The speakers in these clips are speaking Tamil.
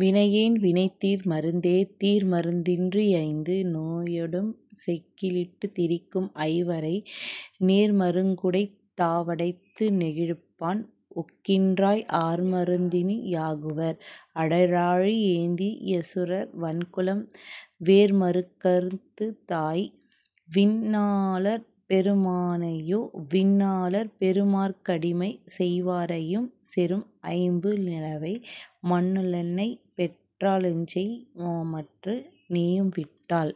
வினையேன் வினைதீர் மருந்தே..। தீர்மருந் தின்றி யைந்து நோயடும் செக்கி லிட்டுத் திரிக்கும் ஐவரை, நேர்ம ருங்குடைத் தாவடைத்து நெகிழிப்பான் ஒக்கின்றாய், ஆர்ம ருந்தினி யாகுவர்? அடலாழி யேந்தி யசுரர் வன்குலம், வேர்ம ருங்கறுத் தாய். விண்ணு ளார்பெரு மானேயோ.. விண்ணு ளார்பெரு மாற்க டிமைசெய் வாரை யும்செறும் ஐம்பு லனிவை, மண்ணு ளென்னைப் பெற்றா லெஞ்செய் யாமற்று நீயும்விட்டால்?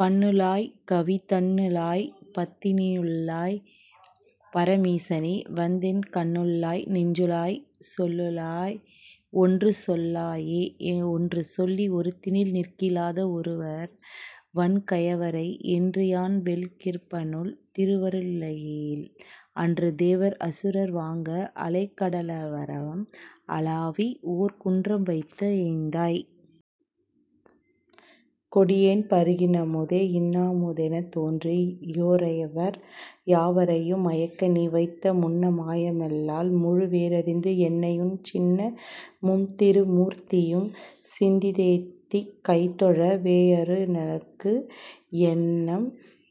பண்ணு ளாய். கவி தன்னு ளாய். பத்தியினுள் ளாய். பர மீசனே, வந்தென் கண்ணுளாய். நெஞ்சுளாய். சொல்லுளாய். ஒன்று சொல்லாயே.. ஒன்று சொல்லி ஒருத்தினில் நிற்கிலாத ஒரைவர் வன்கயவரை, என்று யான்வெல் கிற்பனுன் திருவரு ளில்லையேல்?, அன்று தேவர் அசுரர் வாங்க அலைகட லரவம் அளாவி, ஓர் குன்றம் வைத்த எந்தாய். கொடியேன் பருகின் னமுதே.. இன்ன முதெனத் தோன்றி யோரைவர் யாவரையும் மயக்க, நீவைத்த முன்ன மாயமெல் லால்முழு வேரரிந்து, என்னையுன் சின்ன மும்திரு மூர்த்தியும் சிந்தித் தேத்திக் கைதொழ வேயரு ளெனக்கு, என்னம்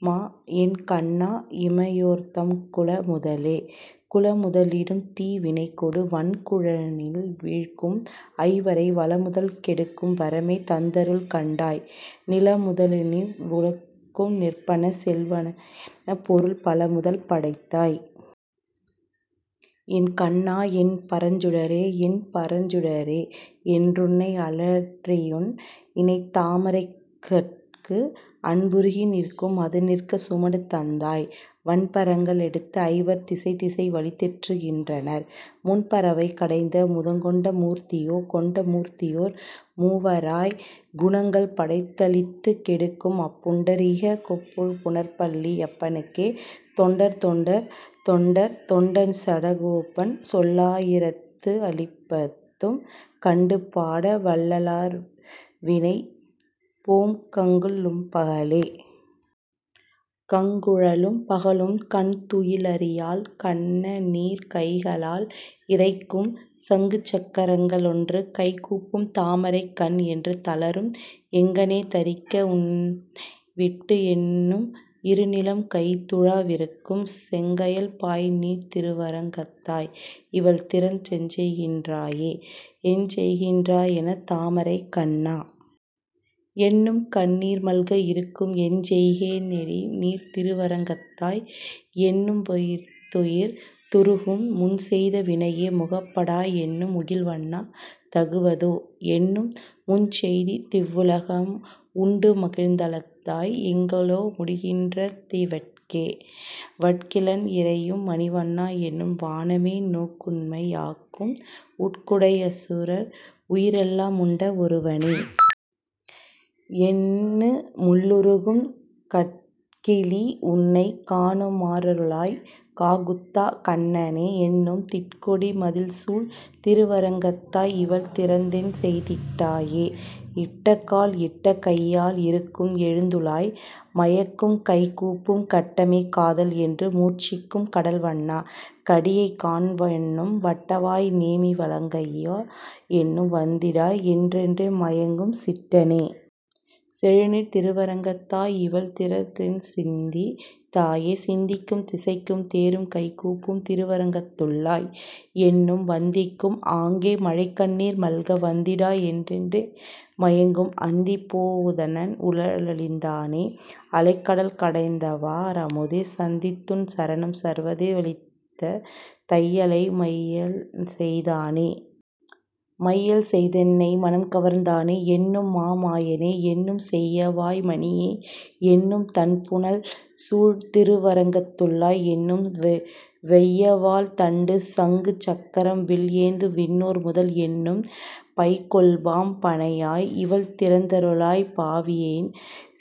மா. என் கண்ணா. இமையோர்தம் குலமுதலே.. குலமுத லிடும்தீ வினைக்கொடு வன்குழியினில் வீழ்க்கும் ஐவரை வலமுதல் கெடுக்கும் வரமே தந்தருள் கண்டாய், நிலமுத லினீவ் வுலகுக்கும் நிற்பன செல்வன என, பொருள் பலமுதல் படைத்தாய். என் கண்ணா. என் பரஞ்சுடரே.. என்பரஞ் சுடரே. என்றுன்னை அலற்றியுன் இணைத்தா மரைகட்கு, அன்புருகி நிற்கும் அதுநிற்கச் சுமடு தந்தாய், வன்பரங்க ளெடுத்துஐவர் திசைதிசை வலித்தெற்று கின்றனர் முன்பரவை கடைந்தமுதங் கொண்ட மூர்த்தியோ. கொண்ட மூர்த்தியோர் மூவராய்க் குணங்கள் படைத்தளித் துக்கெடுக் கும், அப் புண்ட ரீகப்கொப் பூழ்ப்புனற் பள்ளி யப்பனுக்கே, தொண்டர் தொண்டர் தொண்டர் தொண்டன் சடகோபன் சொல்லா யிரத்து ளிப்பத்தும், கண்டு பாடவல் லார்வினை போம்கங்கு லும்பகலே. கங்குலலும் பகலும் கண் துயி லறியாள் கண்ணநீர் கைகளால் இறைக்கும், சங்குசக் கரங்க ளென்றுகை கூப்பும் தாமரைக் கண் என்று தளரும், எங்ஙனே தரிக்கே னுன்னைவிட்டு என்னும் இருநிலம் கைதுழா விருக்கும், செங்கயல் பாய்நீர்த் திருவரங் கத்தாய். இவள்திறத் தெஞ்செய்கின் றாயே?. எஞ்செய்கின் றாயென் தாமரைக் கண்ணா. என்னும்கண்ணீர்மல்க இருக்கும், எஞ்செய்கே னெறிநீர்த் திருவரங் கத்தாய்? என்னும்வெவ் வுயிர்த்துயிர்த் துருகும் முன்செய்த வினையே. முகப்படாய் என்னும் முகில்வண்ணா. தகுவதோ? என்னும், முஞ்செய்திவ் வுலகம் உண்டுமிழந் தளந்தாய். எங்கொலோ முடிகின்ற திவட்கே?. வட்கிலள் இறையும் மணிவண்ணா. என்னும் வானமே நோக்கும்மை யாக்கும், உட்குடை யசுரர் உயிரெல்லா முண்ட ஒருவனே. என்னு முள்ளுருகும், கட்கிலீ. உன்னைக் காணுமா றருளாய் காகுத்தா. கண்ணனே. என்னும், திட்கொடி மதிள்சூழ் திருவரங்கத்தாய். இவள்திறத் தென்செய்திட் டாயே?. இட்டகால் இட்ட கையளாய் இருக்கும் எழுந்துலாய் மயங்கும்கை கூப்பும், கட்டமே காதல். என்றுமூர்ச் சிக்கும் கடல்வண்ணா. கடியைகாண் என்னும், வட்டவாய் நேமி வலங்கையா. என்னும் வந்திடாய் என்றென்றே மயங்கும், சிட்டனே. செழுநீர்த் திருவரங் கத்தாய். இவள்திறத் தெஞ்சிந்தித் தாயே?. சிந்திக்கும் திசைக்கும் தேறும்கை கூப்பும் திருவரங் கத்துள்ளாய். என்னும் வந்திக்கும், ஆங்கே மழைக்கண்ணீர் மல்க வந்திடாய் என்றென்றே மயங்கும், அந்திப்போ தவுணன் உடலிடந் தானே. அலைகடல் கடைந்தவா ரமுதே, சந்தித்துன் சரணம் சார்வதே வலித்த தையலை மையல்செய் தானே.. மையல்செய் தென்னை மனம்கவர்ந் தானே. என்னும் மா மாயனே. என்னும், செய்யவாய் மணியே. என்னும் தண் புனல்சூழ் திருவரங் கத்துள்ளாய். என்னும், வெய்யவாள் தண்டு சங்குசக் கரம்வில் ஏந்தும்விண் ணோர்முதல். என்னும், பைகொள்பாம் பணையாய். இவள்திறத் தருளாய் பாவியேன்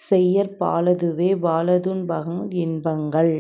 செய்யற்பா லதுவே.. பாலதுன் பங்கள் இன்பங்கள்